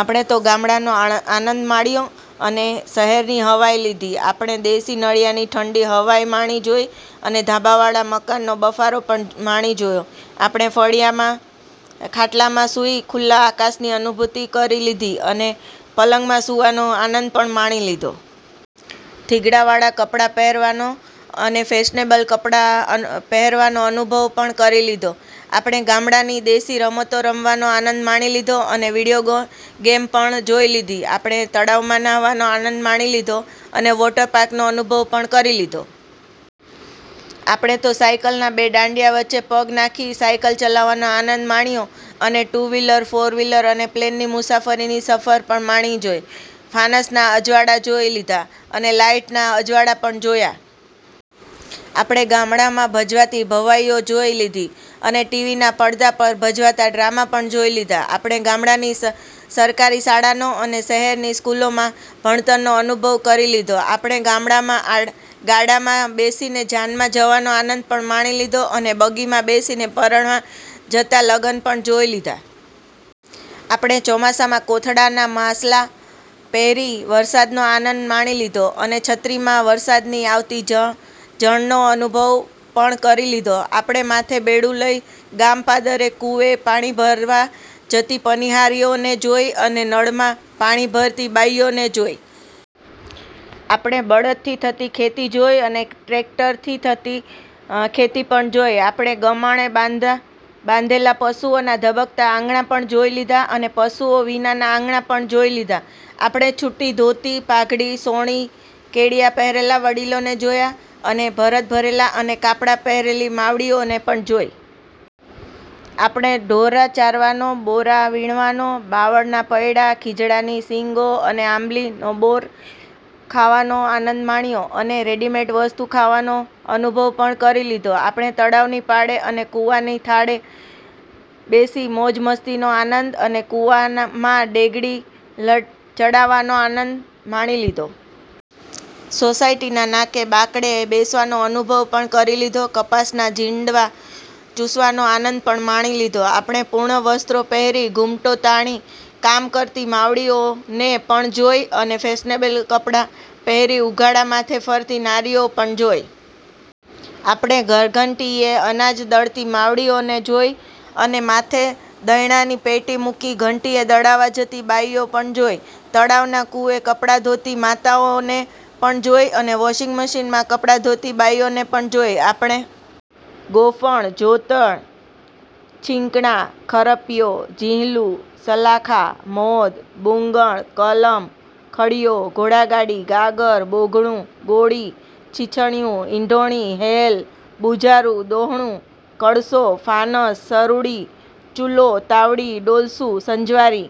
આપણે તો ગામડાનો આણંદ આનંદ માણ્યો અને શહેરની હવાય લીધી. આપણે દેશી નળિયાની ઠંડી હવાય માણી જોઇ અને ધાબાવાળા મકાનનો બફારો પણ માણી જોયો. આપણે ફળિયામાં ખાટલામાં સુઇ ખુલ્લા આકાશની અનુભૂતિ કરી લીધી, અને પલંગમાં સુવાનો આનંદ પણ માણી લીધો. થીગડાવાળા કપડા પહેરવાનો અને ફેશનેબલ કપડા અન પહેરવાનો અનુભવ પણ કરી લીધો. આપણે ગામડાની દેશી રમતો રમવાનો આનંદ માણી લીધો અને વિડીયો ગ ગેમ પણ જોઇ લીધી. આપણે તળાવમા નાહવાનો આનંદ માણી લીધો અને વૉટર પાર્કનો અનુભવ પણ કરી લીધો. આપણે તો સાઇકલના બે ડાંડિયા વચ્ચે પગ નાખી સાઇકલ ચલાવવાનો આનંદ માણ્યો અને ટુ વ્હીલ, ફોર વ્હીલ અને પ્લેનની મુસાફરીની સફર પણ માણી જોઇ. ફાનસના અજવાળા જોઇ લીધા અને લાઇટના અજવાળા પણ જોયા. આપણે ગામડામાં ભજવાતી ભવાઇઓ જોઇ લીધી અને ટી. વી. ના પડદા પર ભજવાતા ડ્રામા પણ જોઇ લીધા. આપણે ગામડાની સ સરકારી શાળાનો અને શહેરની સ્કૂલોમાં ભણતરનો અનુભવ કરી લીધો. આપણે ગામડામાં આ ગાડામા બેસી જાનમા જવાનો આનંદ પણ માણી લીધો અને બગીમા બેસી પણવા જતા લગન પણ જોઇ લીધા. આપણે ચોમાસામા કોથળાના માસલા પહેરી વરસાદનો આનંદ માણી લીધો અને છત્રીમા વરસાદની આવતી જ ઝણનો અનુભવ પણ કરી લીધો. આપણે માથે બેડુ લઇ ગામ પાદરે કુવે પાણી ભરવા જતી પનીહારીઓનેય જોઇ અને નળમા પાણી ભરતી બાઇયુનેય જોઇ. આપણે બળદથી થતી ખેતી જોઇ અને ટેકટરથી થતી અ ખેતી પણ જોઇ. આપણે ગમણે બાંધા બાંધેલા પશુઓથી ધબકતા આંગણા પણ જોઇ લીધા અને પશુઓ વિનાના આંગણા પણ જોઇ લીધા. આપણે છુટી ધોતી, પાઘડી સોણી- કેડિયા પહેરેલા વડીલોને જોયા અને ભરત ભરેલા અને કાપડા પહેરેલી માવડીઓને પણ જોઇ. આપણે ઢોરા ચારવાનો, બોરા વીણવાનો, બાવળના પૈડા ખીજડાની સીંગો અને આંબલીનો મોર ખાવાનો આનંદ માણ્યો અને રેડીમેડ વસ્તુ ખાવાનો અનુભવ પણ કરી લીધો. આપણે તળાવની પાળે અને કુવાના થાળે બેસી મોજ મસ્તીનો આનંદ અને કુવાનામા ડેગડી લ ચડાવવાનો આનંદ માણી લીધો. સોસાયટીના નાકે બાકડે બેસવાનો અનુભવ પણ કરી લીધો કપાસના જીંડવા ચુસવાનો આનંદ પણ માણી લીધો. આપણે પૂર્ણ વસ્ત્રો પહેરી ઘુમટો તાણી કામ કરતી માવડીઓને પણ જોઇ અને ફેશનેબલ કપડા પહેરી ઉઘાડા માથે ફરતી નારીઓ પણ જોઇ. આપણે ધરધંટીએ અનાજ દળતી માવડીઓને જોઇ અને માથે દળણાની પેટી મુકી ઘંટીએ દળાવા જતી બાઇઓ પણ જોઇ. તળાવના કુવે કપડા ધોતી માતાઓને પણ જોઇ અને વૉશીંગ મશીનમા કપડા ધોતી બાઇઓને પણ જોઇ. આપણે ગોફણ, જોતર, છીંકલા, ખરપિયો, જીંહલુ, સલાખા, મોદ, બુંગણ, કલમ, ખડિયો, ઘોડાગાડી, ગાગર, બોઘણુ, ગોળી, છીછણિયુ, ઇંઢોણી, હેલ, બુઝારુ, દોહણુ, કળશો, ફાનસ, સરૂડી, ચૂલો, તાવડી, ડોલસુ, સંજવારી,